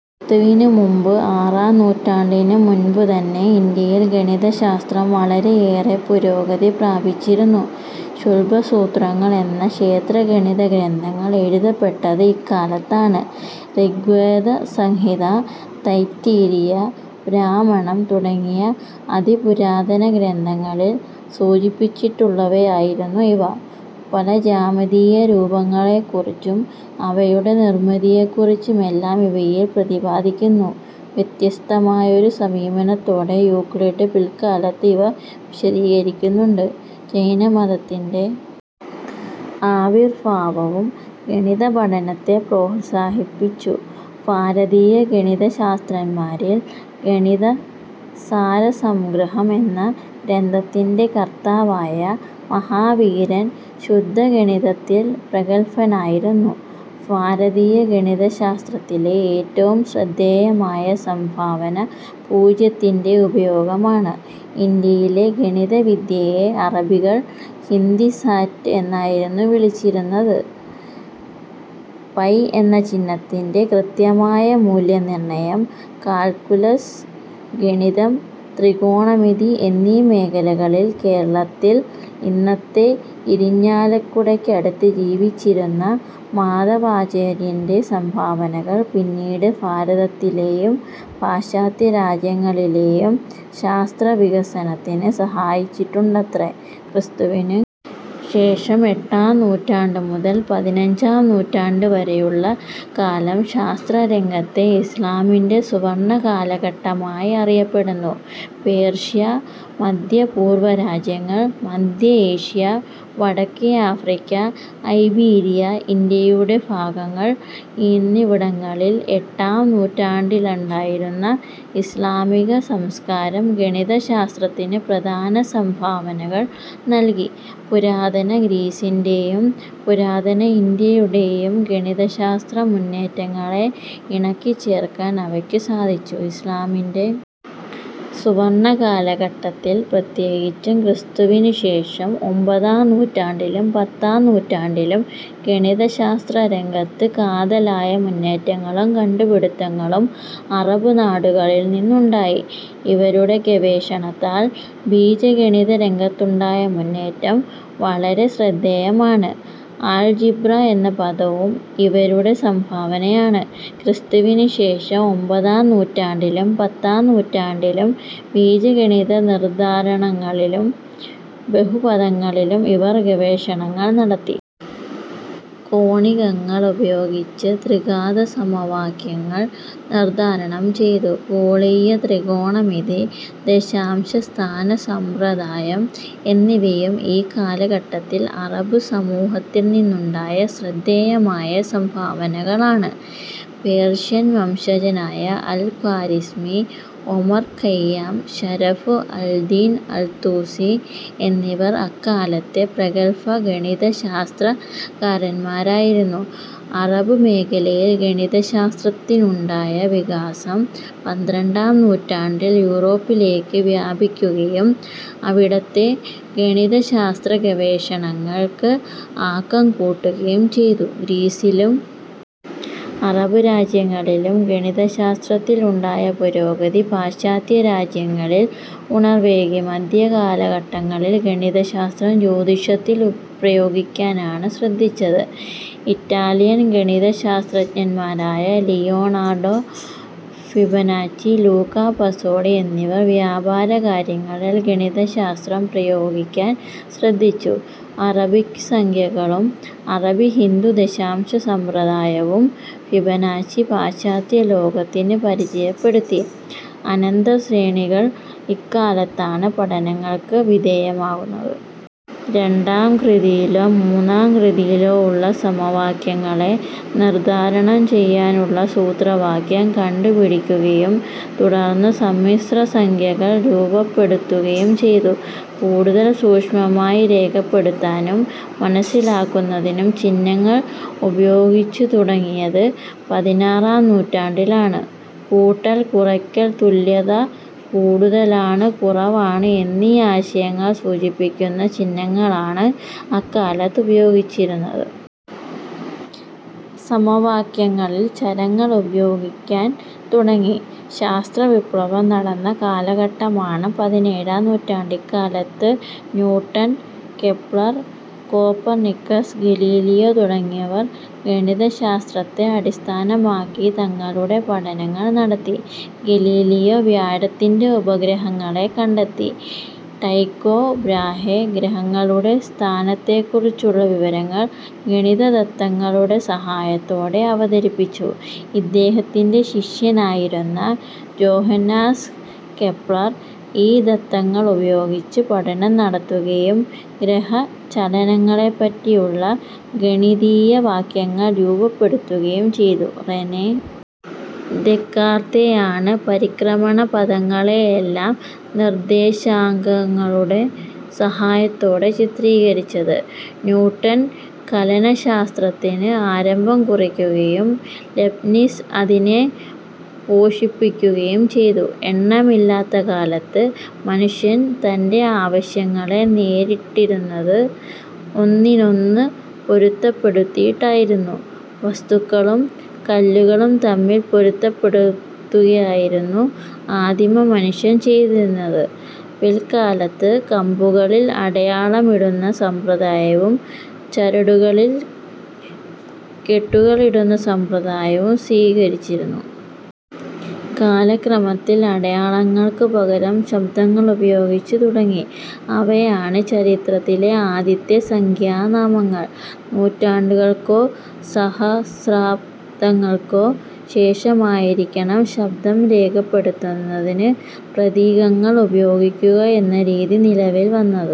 സ്തുവിനു മുമ്പ് ആറാം നൂറ്റാണ്ടിനു മുൻപുതന്നെ ഇന്ത്യയിൽ ഗണിതശാസ്ത്രം വളരെയേറെ പുരോഗതി പ്രാപിച്ചിരുന്നു. ശുല്ബസൂത്രങ്ങൾ എന്ന ക്ഷേത്രഗണിത ഗ്രന്ഥങ്ങൾ എഴുതപ്പെട്ടത് ഇക്കാലത്താണ്. ഋഗ്വേദസംഹിത, തൈത്തിരീയ ബ്രാഹ്മണം തുടങ്ങിയ അതിപുരാതന ഗ്രന്ഥങ്ങളിൽ സൂചിപ്പിച്ചിട്ടുള്ളവയായിരുന്നു ഇവ. പല ജ്യാമിതീയ രൂപങ്ങളെക്കുറിച്ചും അവയുടെ നിർമ്മിതിയെക്കുറിച്ചുമെല്ലാം ഇവയെ പ്രതിപാദിക്കുന്നു. വ്യത്യസ്തമായൊരു സമീപനത്തോടെ യൂക്ലിഡ് പിൽക്കാലത്ത് ഇവ വിശദീകരിക്കുന്നുണ്ട്. ജൈനമതത്തിൻ്റെ ആവിർഫാവവും ഗണിതപഠനത്തെ പ്രോത്സാഹിപ്പിച്ചു. ഫാരതീയ ഗണിതശാസ്ത്രകാരന്മാരിൽ ഗണിതസാരസംഗ്രഹം എന്ന ഗ്രന്ഥത്തിൻ്റെ കർത്താവായ മഹാവീരൻ ശുദ്ധഗണിതത്തിൽ പ്രഗൽഫനായിരുന്നു. ഫാരതീയ ഗണിതശാസ്ത്രത്തിലെ ഏറ്റവും ശ്രദ്ധേയമായ സംഫാവന പൂജ്യത്തിൻ്റെ ഉപയോഗമാണ്. ഇന്ത്യയിലെ ഗണിതവിദ്യയെ അറബികൾ ഹിന്ദിസാറ്റ് എന്നായിരുന്നു വിളിച്ചിരുന്നത്.പൈ എന്ന ചിഹ്നത്തിൻ്റെ കൃത്യമായ മൂല്യനിർണയം, കാൽക്കുലസ്, ഗണിതം, ത്രികോണമിതി എന്നീ മേഖലകളിൽ കേരളത്തിൽ ഇന്നത്തെ ഇരിഞ്ഞാലക്കുടയ്ക്ക് അടുത്ത് ജീവിച്ചിരുന്ന മാധവാചാര്യൻ്റെ സംഭാവനകൾ പിന്നീട് ഭാരതത്തിലെയും പാശ്ചാത്യരാജ്യങ്ങളിലെയും ശാസ്ത്രവികസനത്തിന് സഹായിച്ചിട്ടുണ്ടത്രേ. ക്രിസ്തുവിന് ശേഷം എട്ടാം നൂറ്റാണ്ട് മുതൽ പതിനഞ്ചാം നൂറ്റാണ്ട് വരെയുള്ള കാലം ശാസ്ത്രരംഗത്തെ ഇസ്ലാമിൻ്റെ സുവർണകാലഘട്ടമായി അറിയപ്പെടുന്നു. പേർഷ്യ, മധ്യപൂർവ രാജ്യങ്ങൾ, മധ്യ ഏഷ്യ, വടക്കേ ആഫ്രിക്ക, ഐബീരിയ, ഇന്ത്യയുടെ ഫാഗങ്ങൾ എന്നിവിടങ്ങളിൽ എട്ടാം നൂറ്റാണ്ടിലുണ്ടായിരുന്ന ഇസ്ലാമിക സംസ്കാരം ഗണിതശാസ്ത്രത്തിന് പ്രധാന സംഭാവനകൾ നൽകി. പുരാതന ഗ്രീസിൻ്റെ യും പുരാതന ഇന്ത്യയുടെയും ഗണിതശാസ്ത്ര മുന്നേറ്റങ്ങളെ ഇണക്കിച്ചേർക്കാൻ അവർക്ക് സാധിച്ചു. ഇസ്ലാമിൻ്റെ സുവർണകാലഘട്ടത്തിൽ, പ്രത്യേകിച്ചും ക്രിസ്തുവിന് ശേഷം ഒമ്പതാം നൂറ്റാണ്ടിലും പത്താം നൂറ്റാണ്ടിലും, ഗണിതശാസ്ത്രരംഗത്ത് കാതലായ മുന്നേറ്റങ്ങളും കണ്ടുപിടിത്തങ്ങളും അറബ് നാടുകളിൽ നിന്നുണ്ടായി. ഇവരുടെ ഗവേഷണത്താൽ ബീജഗണിതരംഗത്തുണ്ടായ മുന്നേറ്റം വളരെ ശ്രദ്ധേയമാണ്. ആൾജിബ്ര എന്ന പദവും ഇവരുടെ സംഭാവനയാണ്. ക്രിസ്തുവിന് ശേഷം ഒമ്പതാം നൂറ്റാണ്ടിലും പത്താം നൂറ്റാണ്ടിലും ബീജഗണിത നിർധാരണങ്ങളിലും ബഹുപദങ്ങളിലും ഇവർ ഗവേഷണങ്ങൾ നടത്തി. കോണികങ്ങൾ ഉപയോഗിച്ച് ത്രിഘാതസമവാക്യങ്ങൾ നിർധാരണം ചെയ്തു. ഗോളീയ ത്രികോണമിതി, ദശാംശ സ്ഥാനസമ്പ്രദായം എന്നിവയും ഈ കാലഘട്ടത്തിൽ അറബ് സമൂഹത്തിൽ നിന്നുണ്ടായ ശ്രദ്ധേയമായ സംഭാവനകളാണ്. പേർഷ്യൻ വംശജനായ Al Khwarizmi, Omar Khayyam, Sharaf al Din al Tusi എന്നിവർ അക്കാലത്തെ പ്രഗൽഫ ഗണിതശാസ്ത്രകാരന്മാരായിരുന്നു. അറബ് മേഖലയിൽ ഗണിതശാസ്ത്രത്തിനുണ്ടായ വികാസം പന്ത്രണ്ടാം നൂറ്റാണ്ടിൽ യൂറോപ്പിലേക്ക് വ്യാപിക്കുകയും അവിടത്തെ ഗണിതശാസ്ത്ര ഗവേഷണങ്ങൾക്ക് ആക്കം കൂട്ടുകയും ചെയ്തു. ഗ്രീസിലും അറബ് രാജ്യങ്ങളിലും ഗണിതശാസ്ത്രത്തിൽ ഉണ്ടായ പുരോഗതി പാശ്ചാത്യരാജ്യങ്ങളിൽ ഉണർവേകി. മധ്യകാലഘട്ടങ്ങളിൽ ഗണിതശാസ്ത്രം ജ്യോതിഷത്തിൽ പ്രയോഗിക്കാനാണ് ശ്രദ്ധിച്ചത്. ഇറ്റാലിയൻ ഗണിതശാസ്ത്രജ്ഞന്മാരായ ലിയോനാർഡോ ഫിബനാച്ചി, ലൂക്ക പസോളി എന്നിവർ വ്യാപാരകാര്യങ്ങളിൽ ഗണിതശാസ്ത്രം പ്രയോഗിക്കാൻ ശ്രദ്ധിച്ചു. അറബിക് സംഖ്യകളും അറബി ഹിന്ദു ദശാംശസമ്പ്രദായവും ഫിബനാച്ചി പാശ്ചാത്യലോകത്തിന് പരിചയപ്പെടുത്തി. അനന്തശ്രേണികൾ ഇക്കാലത്താണ് പഠനങ്ങൾക്ക് വിധേയമാകുന്നത്. രണ്ടാം കൃതിയിലോ മൂന്നാം കൃതിയിലോ ഉള്ള സമവാക്യങ്ങളെ നിർധാരണം ചെയ്യാനുള്ള സൂത്രവാക്യം കണ്ടുപിടിക്കുകയും തുടർന്ന് സമ്മിശ്രസംഖ്യകൾ രൂപപ്പെടുത്തുകയും ചെയ്തു. കൂടുതൽ സൂക്ഷ്മമായി രേഖപ്പെടുത്താനും മനസ്സിലാക്കുന്നതിനും ചിഹ്നങ്ങൾ ഉപയോഗിച്ചുതുടങ്ങിയത് പതിനാറാം നൂറ്റാണ്ടിലാണ്. കൂട്ടൽ, കുറയ്ക്കൽ, തുല്യത, കൂടുതലാണ്, കുറവാണ് എന്നീ ആശയങ്ങൾ സൂചിപ്പിക്കുന്ന ചിഹ്നങ്ങളാണ് അക്കാലത്ത് ഉപയോഗിച്ചിരുന്നത്. സമവാക്യങ്ങളിൽ ചരങ്ങൾ ഉപയോഗിക്കാൻ തുടങ്ങി. ശാസ്ത്രവിപ്ലവം നടന്ന കാലഘട്ടമാണ് പതിനേഴാം നൂറ്റാണ്ട്. ഇക്കാലത്ത് ന്യൂട്ടൺ, കെപ്ലർ, കോപ്പർനിക്കസ്, ഗലീലിയോ തുടങ്ങിയവർ ഗണിതശാസ്ത്രത്തെ അടിസ്ഥാനമാക്കി തങ്ങളുടെ പഠനങ്ങൾ നടത്തി. ഗലീലിയോ വ്യാഴത്തിൻ്റെ ഉപഗ്രഹങ്ങളെ കണ്ടെത്തി. ടൈക്കോ ബ്രാഹെ ഗ്രഹങ്ങളുടെ സ്ഥാനത്തെക്കുറിച്ചുള്ള വിവരങ്ങൾ ഗണിതദത്തങ്ങളുടെ സഹായത്തോടെ അവതരിപ്പിച്ചു. ഇദ്ദേഹത്തിൻ്റെ ശിഷ്യനായിരുന്ന ജോഹന്നാസ് കെപ്ലർ ഈ ദത്തങ്ങളുപയോഗിച്ച് പഠനം നടത്തുകയും ഗ്രഹചലനങ്ങളെപ്പറ്റിയുള്ള ഗണിതീയവാക്യങ്ങൾ രൂപപ്പെടുത്തുകയും ചെയ്തു.റെനെ ദെക്കാർത്തേയാണ് പരിക്രമണപഥങ്ങളെയെല്ലാം നിർദ്ദേശാങ്കങ്ങളുടെ സഹായത്തോടെ ചിത്രീകരിച്ചത്. ന്യൂട്ടൺ കലനശാസ്ത്രത്തിന് ആരംഭം കുറിക്കുകയും ലെബ്നിസ് അതിനെ പോഷിപ്പിക്കുകയും ചെയ്തു. എണ്ണമില്ലാത്ത കാലത്ത് മനുഷ്യൻ തൻ്റെ ആവശ്യങ്ങളെ നേരിട്ടിരുന്നത് ഒന്നിനൊന്ന് പൊരുത്തപ്പെടുത്തിയിട്ടായിരുന്നു. വസ്തുക്കളും കല്ലുകളും തമ്മിൽ പൊരുത്തപ്പെടുത്തുകയായിരുന്നു ആദിമ മനുഷ്യർ ചെയ്തിരുന്നത്. പിൽക്കാലത്ത് കമ്പുകളിൽ അടയാളമിടുന്ന സമ്പ്രദായവും ചരടുകളിൽ കെട്ടുകളിടുന്ന സമ്പ്രദായവും സ്വീകരിച്ചിരുന്നു. കാലക്രമത്തിൽ അടയാളങ്ങൾക്കു പകരം ശബ്ദങ്ങളുപയോഗിച്ചു തുടങ്ങി. അവയാണ് ചരിത്രത്തിലെ ആദ്യത്തെ സംഖ്യാനാമങ്ങൾ. നൂറ്റാണ്ടുകൾക്കോ സഹസ്രാബ്ദങ്ങൾക്കോ ശേഷമായിരിക്കണം ശബ്ദം രേഖപ്പെടുത്തുന്നതിന് പ്രതീകങ്ങൾ ഉപയോഗിക്കുക എന്ന രീതി നിലവിൽ വന്നത്.